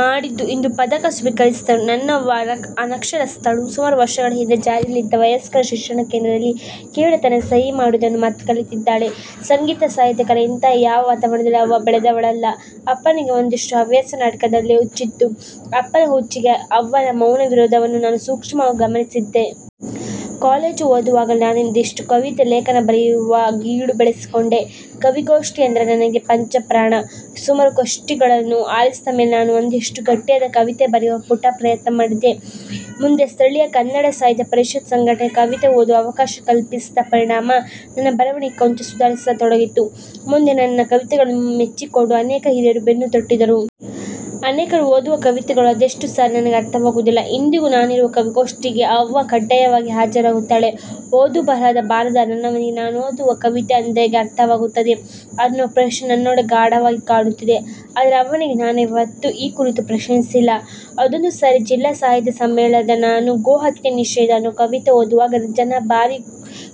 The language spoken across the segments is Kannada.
ಮಾಡಿದ್ದು, ಇಂದು ಪದಕ ಸ್ವೀಕರಿಸಿದರು. ನನ್ನವ್ವ ಅನಕ್ಷರಸ್ಥಳು, ಸುಮಾರು ವರ್ಷಗಳ ಹಿಂದೆ ಜಾರಿಯಲ್ಲಿದ್ದ ವಯಸ್ಕರ ಶಿಕ್ಷಣ ಕೇಂದ್ರದಲ್ಲಿ ಕೇವಲ ತನ್ನ ಸಹಿ ಮಾಡುವುದನ್ನು ಮಾತ್ರ ಕಲಿತಿದ್ದಾಳೆ. ಸಂಗೀತ, ಸಾಹಿತ್ಯ, ಕಲೆ ಇಂತಹ ಯಾವ ವಾತರಣದಲ್ಲಿಯೂ ಅವ್ವ ಬೆಳೆದವಳಲ್ಲ. ಅಪ್ಪನಿಗೆ ಒಂದಿಷ್ಟು ಹವ್ಯಾಸಿ ನಾಟಕದಲ್ಲಿ ಹುಚ್ಚಿತ್ತು. ಅಪ್ಪನ ಹುಚ್ಚಿಗೆ ಅವ್ವನ ಮೌನ ವಿರೋಧವನ್ನು ನಾನು ಸೂಕ್ಷ್ಮವಾಗಿ ಗಮನಿಸಿದ್ದೆ. ಕಾಲೇಜು ಓದುವಾಗಲೇ ನಾನೊಂದಿಷ್ಟು ಕವಿತೆ, ಲೇಖನ ಬರೆಯುವ ಗೀಳು ಬೆಳೆಸಿಕೊಂಡೆ, ಕವಿಗೋಷ್ಠಿ ಅಂದ್ರೆ ನನಗೆ ಪಂಚಪ್ರಾಣ. ಸುಮಾರು ಗೋಷ್ಠಿಗಳನ್ನು ಆಲಿಸಿದ ಮೇಲೆ ನಾನೂ ಒಂದಿಷ್ಟು ಗಟ್ಟಿಯಾದ ಕವಿತೆ ಬರೆಯುವ ಪುಟ್ಟ ಪ್ರಯತ್ನ ಮಾಡಿದೆ, ಮುಂದೆ ಸ್ಥಳಿಯ ಕನ್ನಡ ಸಾಹಿತ್ಯ ಪರಿಷತ್ ಂಘಟನೆಗಳು ಕವಿತೆ ಓದುವ ಅವಕಾಶ ಕಲ್ಪಿಸಿದ ಪರಿಣಾಮ ನನ್ನ ಬರವಣಿಗೆ ಕೊಂಚ ಸುಧಾರಿಸತೊಡಗಿತು, ಮುಂದೆ ನನ್ನ ಕವಿತೆಗಳನ್ನು ಮೆಚ್ಚಿಕೊಂಡು ಅನೇಕ ಹಿರಿಯರು ಬೆನ್ನುತಟ್ಟಿದರು. ಅನೇಕರು ಓದುವ ಕವಿತೆಗಳು ಅದೇಷ್ಟೊ ಸಾರಿ ನನಗೆ ಅರ್ಥವಾಗುವುದಿಲ್ಲ. ಇಂದಿಗೂ ನಾನಿರುವ ಕವಿಗೋಷ್ಠಿಗೆ ಅವ್ವ ಕಡ್ಡಾಯವಾಗಿ ಹಾಜರಾಗುತ್ತಾಳೆ, ಓದು ಬರಹ ಬಾರದ ನನ್ನವ್ವನಿಗೆ ನಾನೋದುವ ಕವಿತೆ ಅದ್ಹೇಗೆ ಅರ್ಥವಾಗುತ್ತದೆ? ಅನ್ನೊ ಪ್ರಶ್ನೆ ನನ್ನೊಳಗೆ ಗಾಢವಾಗಿ ಕಾಡುತ್ತಿದೆ. ಆದರೆ ಅವ್ವನಿಗೆ ನಾನ್ಯಾವತ್ತೂ ಈ ಕುರಿತು ಪ್ರಶ್ನಿಸಿಲ್ಲ. ಅದೊಂದು ಸಾರಿ ಜಿಲ್ಲಾ ಸಾಹಿತ್ಯ ಸಮ್ಮೇಳನದಲ್ಲಿ ನಾನು 'ಗೋ ಹತ್ಯೆ ನಿಷೇಧ' ಅನ್ನೊ ಕವಿತೆ ಓದುವಾಗ ಜನ ಭಾರೀ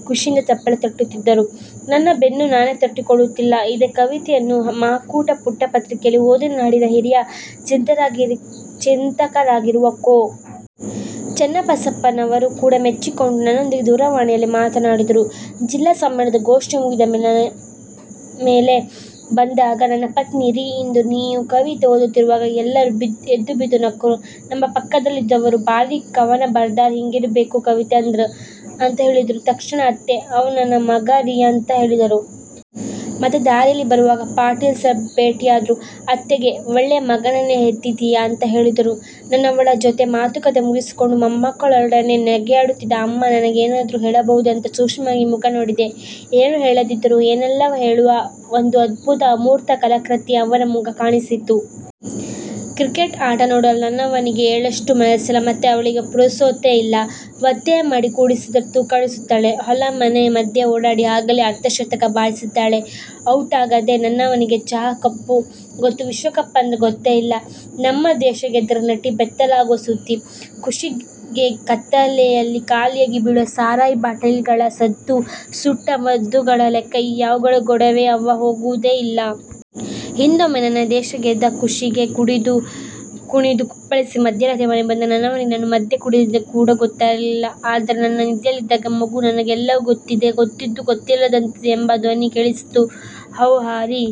ಖುಷಿಯಿಂದ ಚಪ್ಪಳೆ ತಟ್ಟುತ್ತಿದ್ದರು, ನನ್ನ ಬೆನ್ನು ನಾನೇ ತಟ್ಟಿಕೊಳ್ಳುತ್ತಿಲ್ಲ ಇದೇ ಕವಿತೆಯನ್ನು 'ಮಹಾಕೂಟ' ಪುಟ್ಟ ಪತ್ರಿಕೆಯಲ್ಲಿ ಓದಿದ ನಾಡಿನ ಹಿರಿಯ ಚಿಂತಕರಾಗಿರುವ ಕೋ. ಚನ್ನಬಸಪ್ಪನವರು ಕೂಡಾ ಮೆಚ್ಚಿಕೊಂಡು ನನ್ನೊಂದಿಗೆ ದೂರವಾಣಿಯಲ್ಲಿ ಮಾತನಾಡಿದ್ದಾರೆ. ಜಿಲ್ಲಾ ಸಮ್ಮೇಳನದ ಗೋಷ್ಠಿ ಮುಗಿದ ಮೇಲೆ ಮನೆಗೆ ಬಂದಾಗ ನನ್ನ ಪತ್ನಿ 'ರೀ ಇಂದು ನೀವು ಕವಿತೆ ಓದುತ್ತಿದ್ದಾಗ ಎಲ್ಲರೂ ಎದ್ದುಬಿದ್ದು ನಕ್ಕರು, ನಮ್ಮ ಪಕ್ಕದಲ್ಲಿದ್ದವರೊಬ್ಬರು 'ಭಾರೀ ಕವನ ಬರ್ದಾರ, ಹಿಂಗಿರಬೇಕು ಕವಿತೆ ಅಂದ್ರ' ಅಂತಾ ಹೇಳಿದ್ರು, ತಕ್ಷಣ ಅತ್ತೆ 'ಅವನು ನನ್ನ ಮಗಾ ರೀ' ಅಂತಾ ಹೇಳಿದರು. ಮತ್ತೆ ದಾರಿಯಲ್ಲಿ ಬರುವಾಗ ಪಾಟೀಲ ಸರ್ ಭೇಟಿಯಾದ್ರು, ಅತ್ತೆಗೆ 'ಒಳ್ಳೆಯ ಮಗನನ್ನೆ ಹೆತ್ತಿದ್ದಿಯಾ' ಅಂತಾ ಹೇಳಿದರು. ನನ್ನವಳ ಜೊತೆ ಮಾತುಕತೆ ಮುಗಿಸಿಕೊಂಡು ಮೊಮ್ಮಕ್ಕಳೊಡನೆ ನಗೆಯಾಡುತ್ತಿದ್ದ ಅಮ್ಮ ನನಗೆ ಏನಾದರೂ ಹೇಳಬಹುದು ಅಂತಾ ಸೂಕ್ಷ್ಮವಾಗಿ ಮುಖ ನೋಡಿದೆ, ಏನೂ ಹೇಳದಿದ್ದರೂ ಏನೇಲ್ಲವನ್ನೂ ಹೇಳುವ ಒಂದು ಅದ್ಭುತ ಅಮೂರ್ತ ಕಲಾಕೃತಿಯಂತೆ ಅವ್ವನ ಮುಖ ಕಾಣಿಸಿತು. ಕ್ರಿಕೆಟ ಆಟ ನೋಡಲು ನನ್ನವ್ವನಿಗೆ ಎಳ್ಳಷ್ಟೂ ಮನಸ್ಸಿಲ್ಲ ಮತ್ತೆ ಅವಳಿಗೆ ಪುರಸೊತ್ತು ಇಲ್ಲ. ಒತ್ತಾಯ ಮಾಡಿ ಕೂಡ್ಸಿದ್ರೆ ತೂಕಡಿಸ್ತಾಳೆ. ಹೊಲ; ಮನೆಯ ಮಧ್ಯೆಯೇ ಓಡಾಡಿ ಆಗಲೇ ಅರ್ಧ ಶತಕ ಬಾರಿಸಿದ್ದಾಳೆ ಔಟಾಗದೆ. ನನ್ನವ್ವನಿಗೆ ಚಹಾ ಕಪ್ಪು ಗೊತ್ತು ವಿಶ್ವ ಕಪಂದ್ರೆ ಗೊತ್ತೇ ಇಲ್ಲ. ನಮ್ಮ ದೇಶ ಗೆದ್ದರೆ ನಟಿ ಬೆತ್ತಲೆಯಾಗುವ ಸುದ್ದಿ, ಖುಷಿಗೆ ಕತ್ತಲೆಯಲಿ ಖಾಲಿಯಾಗಿ ಬೀಳುವ ಸರಾಯಿ ಬಾಟಲಿಗಳ ಸದ್ದು, ಸುಟ್ಟ ಮದ್ದುಗಳ ಲೆಕ್ಕ ಈ ಯಾವುಗಳ ಗೊಡವೆಗೆ ಅವ್ವ ಹೋಗುವದೇ ಇಲ್ಲ. ಹಿಂದೊಮ್ಮೆ ನನ್ನ ದೇಶ ಗೆದ್ದ ಖುಷಿಗೆ ಕುಡಿದು, ಕುಣಿದು ಕುಪ್ಪಳಿಸಿ ಮಧ್ಯರಾತ್ರಿ ಮನೆಗೆ ಬಂದಾಗ ನನ್ನವ್ವನಿಗೆ ನಾನು ಮದ್ಯ ಕುಡಿದಿದ್ದು ಕೂಡಾ ಗೊತ್ತಿರಲಿಲ್ಲ. ಆದರೆ ನಾನು ನಿದ್ದೆಯಲಿದ್ದಾಗ ಮಗು ನನಗೆಲ್ಲವೂ ಗೊತ್ತಿದೆ, ಗೊತ್ತಿದ್ದು ಗೊತ್ತಿಲ್ಲದಂತಿದ್ದೆ ಎಂಬ ಧ್ವನಿ ಕೆಳಿಸಿತು. ಹೌ.. ಹಾರಿ..